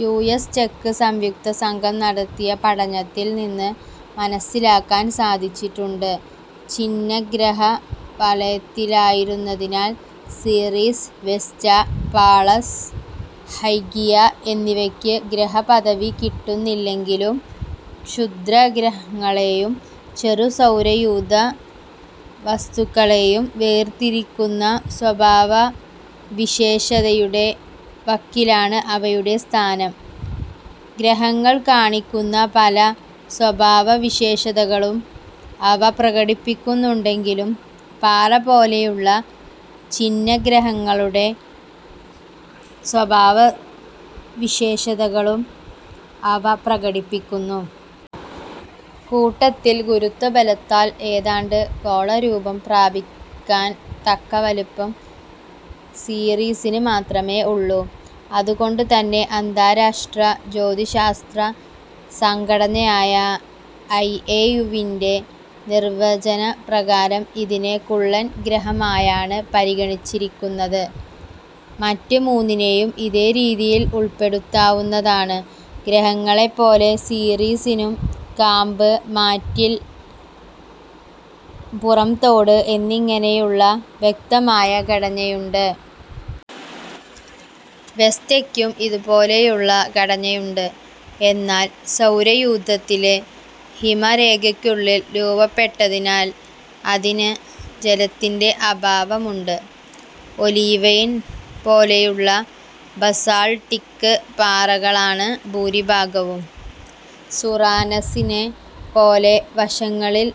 U S ചെക്ക് സംയുക്തസംഘം നടത്തിയ പഠനത്തിൽ നിന്ന് മനസ്സിലാക്കാൻ സാധിച്ചിട്ടുണ്ട്. ഛിന്നഗ്രഹ വലയത്തിലായിരുന്നതിനാൽ സീറീസ്, വെസ്റ്റ, പാളസ്, ഹൈഗിയ എന്നിവയ്ക്ക് ഗ്രഹപദവി കിട്ടുന്നില്ലെങ്കിലും ക്ഷുദ്ര ഗ്രഹങ്ങളെയും ചെറു സൗരയൂഥ വസ്തുക്കളേയും വേർതിരിക്കുന്ന സ്വഭാവവിശേഷതയുടെ വക്കിലാണ് അവയുടെ സ്ഥാനം. ഗ്രഹങ്ങൾ കാണിക്കുന്ന പല സ്വഭാവവിശേഷതകളും അവ പ്രകടിപ്പിക്കുന്നുണ്ടെങ്കിലും പാറ പോലെയുള്ള ഛിന്നഗ്രഹങ്ങളുടെ സ്വഭാവവിശേഷതകളും അവ പ്രകടിപ്പിക്കുന്നു. കൂട്ടത്തിൽ ഗുരുത്വബലത്താൽ ഏതാണ്ട് ഗോള രൂപം പ്രാപിക്കാൻ തക്ക വലിപ്പം സീറിസിന് മാത്രമേ ഒള്ളൂ. അതുകൊണ്ട് തന്നെ അന്താരാഷ്ട്ര ജ്യോതിശാസ്ത്ര സംഘടനയായ ഐ എ യുവിൻ്റെ നിർവ്വചന പ്രകാരം ഇതിനെ കുള്ളൻ ഗ്രഹമായാണ് പരിഗണിച്ചിരിക്കുന്നത്. മറ്റ് മൂന്നിനേയും ഇതേ രീതിയിൽ ഉൾപ്പെടുത്താവുന്നതാണ്. ഗ്രഹങ്ങളെ പോലെ സീറീസിനും കാമ്പ്, മാറ്റിൽ, പുറംതോട് എന്നിങ്ങനെയായുള്ള വ്യക്തമായ ഘടനയുണ്ട്. വെസ്റ്റയ്ക്കും ഇതുപോലെയുള്ള ഘടനയുണ്ട്, എന്നാൽ സൗരയൂഥത്തിലെ ഹിമരേഖയ്ക്കുള്ളിൽ രൂപപ്പെട്ടതിനാൽ അതിന് ജലത്തിൻ്റെ അഭാവമുണ്ട്. ഒലീവൈൻ പോലെയുള്ള ബസാൾട്ടിക്ക് പാറകളാണ് ഭൂരിഭാഗവും. സുറാനസിനെ പോലെ വശങ്ങളിൽ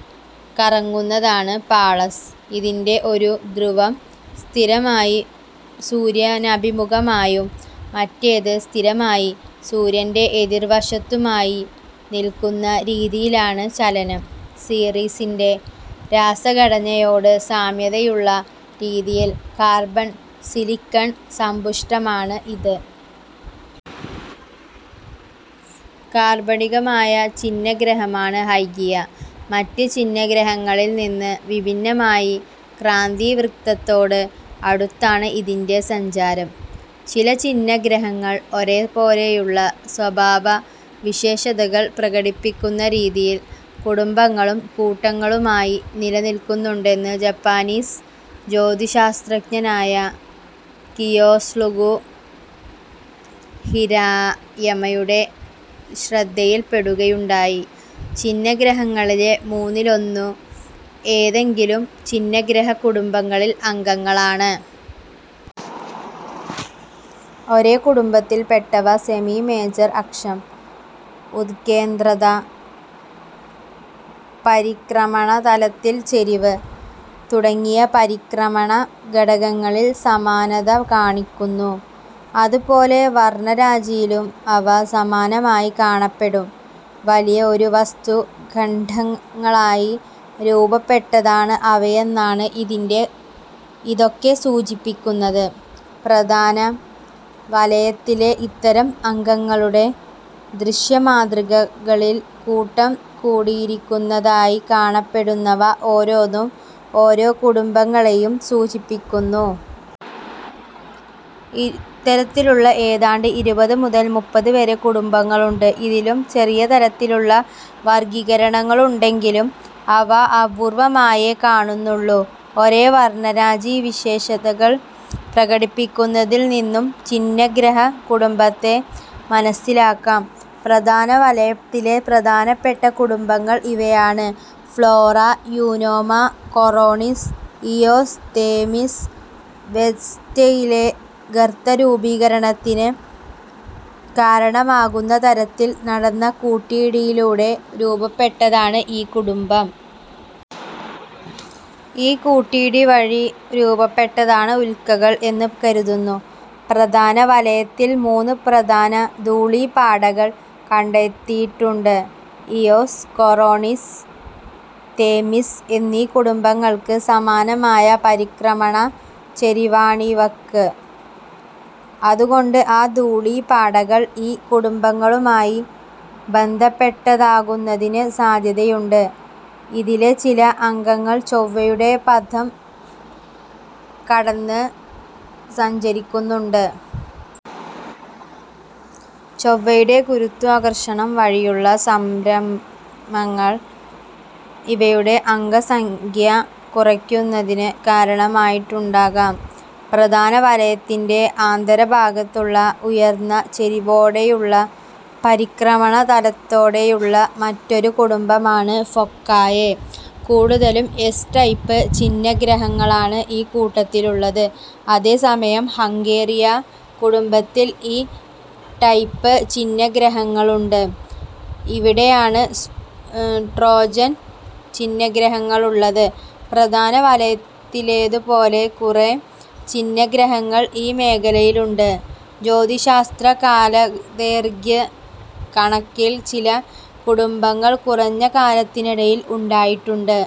കറങ്ങുന്നതാണ് പാളസ്. ഇതിൻ്റെ ഒരു ധ്രുവം സ്ഥിരമായി സൂര്യനഭിമുഖമായും മറ്റേത് സ്ഥിരമായി സൂര്യൻ്റെ എതിർവശത്തുമായി നിൽക്കുന്ന രീതിയിലാണ് ചലനം. സീറീസിൻ്റെ രാസഘടനയോട് സാമ്യതയുള്ള രീതിയിൽ കാർബൺ, സിലിക്കൺ സമ്പുഷ്ടമാണ് ഇത്. കാർബണികമായ ഛിന്നഗ്രഹമാണ് ഹൈഗിയ, മറ്റ് ഛിന്നഗ്രഹങ്ങളിൽ നിന്ന് വിഭിന്നമായി ക്രാന്തി വൃത്തത്തോട് അടുത്താണ് ഇതിൻ്റെ സഞ്ചാരം. ചില ഛിന്നഗ്രഹങ്ങൾ ഒരേ പോലെയുള്ള സ്വഭാവവിശേഷതകൾ പ്രകടിപ്പിക്കുന്ന രീതിയിൽ കുടുംബങ്ങളും കൂട്ടങ്ങളുമായി നിലനിൽക്കുന്നുണ്ടെന്ന് ജപ്പാനീസ് ജ്യോതിശാസ്ത്രജ്ഞനായ കിയോത്സുഗു ഹിരായമയുടെ ശ്രദ്ധയിൽ പെടുകയുണ്ടായി. ഛിന്നഗ്രഹങ്ങളിലെ മൂന്നിലൊന്നും ഏതെങ്കിലും ഛിന്നഗ്രഹ കുടുംബങ്ങളിൽ അംഗങ്ങളാണ്. ഒരേ കുടുംബത്തിൽ പെട്ടവ സെമി മേജർ അക്ഷം, ഉത്കേന്ദ്രത, പരിക്രമണതലത്തിൽ ചെരിവ് തുടങ്ങിയ പരിക്രമണ ഘടകങ്ങളിൽ സമാനത കാണിക്കുന്നു. അതുപോലെ വർണ്ണരാജിയിലും അവ സമാനമായി കാണപ്പെടും. വലിയ ഒരു വസ്തു ഖണ്ഡങ്ങളായി രൂപപ്പെട്ടതാണ് അവയെന്നാണ് ഇതിന്റെ ഇതൊക്കെ സൂചിപ്പിക്കുന്നത്. പ്രധാന വലയത്തിലെ ഇത്തരം അംഗങ്ങളുടെ ദൃശ്യമാതൃകകളിൽ കൂട്ടം കൂടിയിരിക്കുന്നതായി കാണപ്പെടുന്നവ ഓരോന്നും ഓരോ കുടുംബങ്ങളെയും സൂചിപ്പിക്കുന്നു. ഇത്തരത്തിലുള്ള ഏതാണ്ട് ഇരുപത് മുതൽ മുപ്പത് വരെ കുടുംബങ്ങളുണ്ട്. ഇതിലും ചെറിയ തലത്തിലുള്ള വർഗ്ഗീകരണങ്ങളുണ്ടെങ്കിലും അവ അപൂർവ്വമായേ കാണുന്നുള്ളൂ. ഒരേ വർണ്ണരാജി വിശേഷതകൾ പ്രകടിപ്പിക്കുന്നതിൽ നിന്നും ഛിന്നഗ്രഹ കുടുംബത്തെ മനസ്സിലാക്കാം. പ്രധാന വലയത്തിലെ പ്രധാനപ്പെട്ട കുടുംബങ്ങൾ ഇവയാണ്: Flora, Eunomia, Coronis, Eos, Themis. വെസ്റ്റയിലെ ഗർത്തരൂപീകരണത്തിന് കാരണമാകുന്ന തരത്തിൽ നടന്ന കൂട്ടിയിടിയിലൂടെ രൂപപ്പെട്ടതാണ് ഈ കുടുംബം. ഈ കൂട്ടിയിടി വഴി രൂപപ്പെട്ടതാണ് ഉൽക്കകൾ എന്ന് കരുതുന്നു. പ്രധാന വലയത്തിൽ മൂന്ന് പ്രധാന ധൂളി പാടകൾ കണ്ടെത്തിയിട്ടുണ്ട്. ഇയോസ്, കൊറോണിസ്, തേമിസ് എന്നീ കുടുംബങ്ങൾക്ക് സമാനമായ പരിക്രമണ ചെരിവാണിവയ്ക്ക്. അതുകൊണ്ട് ആ ധൂളി പാടകൾ ഈ കുടുംബങ്ങളുമായി ബന്ധപ്പെട്ടതാകുന്നതിന് സാധ്യതയുണ്ട്. ഇതിലെ ചില അംഗങ്ങൾ ചൊവ്വയുടെ പഥം കടന്ന് സഞ്ചരിക്കുന്നുണ്ട്. ചൊവ്വയുടെ ഗുരുത്വാകർഷണം വഴിയുള്ള സംഭ്രമങ്ങൾ ഇവയുടെ അംഗസംഖ്യ കുറയുന്നതിന് കാരണമായിട്ടുണ്ടാകാം. പ്രധാന വലയത്തിൻ്റെ ആന്തരഭാഗത്തുള്ള ഉയർന്ന ചെരിവോടെയുള്ള പരിക്രമണ തലത്തോടെയുള്ള മറ്റൊരു കുടുംബമാണ് ഫൊക്കായെ. കൂടുതലും എസ് ടൈപ്പ് ഛിന്നഗ്രഹങ്ങളാണ് ഈ കൂട്ടത്തിലുള്ളത്, അതേസമയം ഹംഗേറിയ കുടുംബത്തിൽ ഈ ടൈപ്പ് ഛിന്നഗ്രഹങ്ങളുണ്ട്. ഇവിടെയാണ് ട്രോജൻ ഛിന്നഗ്രഹങ്ങളുള്ളത്, പ്രധാന വലയത്തിലേതു പോലെ കുറേ ഛിന്നഗ്രഹങ്ങൾ ഈ മേഖലയിലുണ്ട്. ജ്യോതിശാസ്ത്ര കാലദൈർഘ്യ കണക്കിൽ ചില കുടുംബങ്ങൾ കുറഞ്ഞ കാലത്തിനിടയിൽ ഉണ്ടായിട്ടുണ്ട്.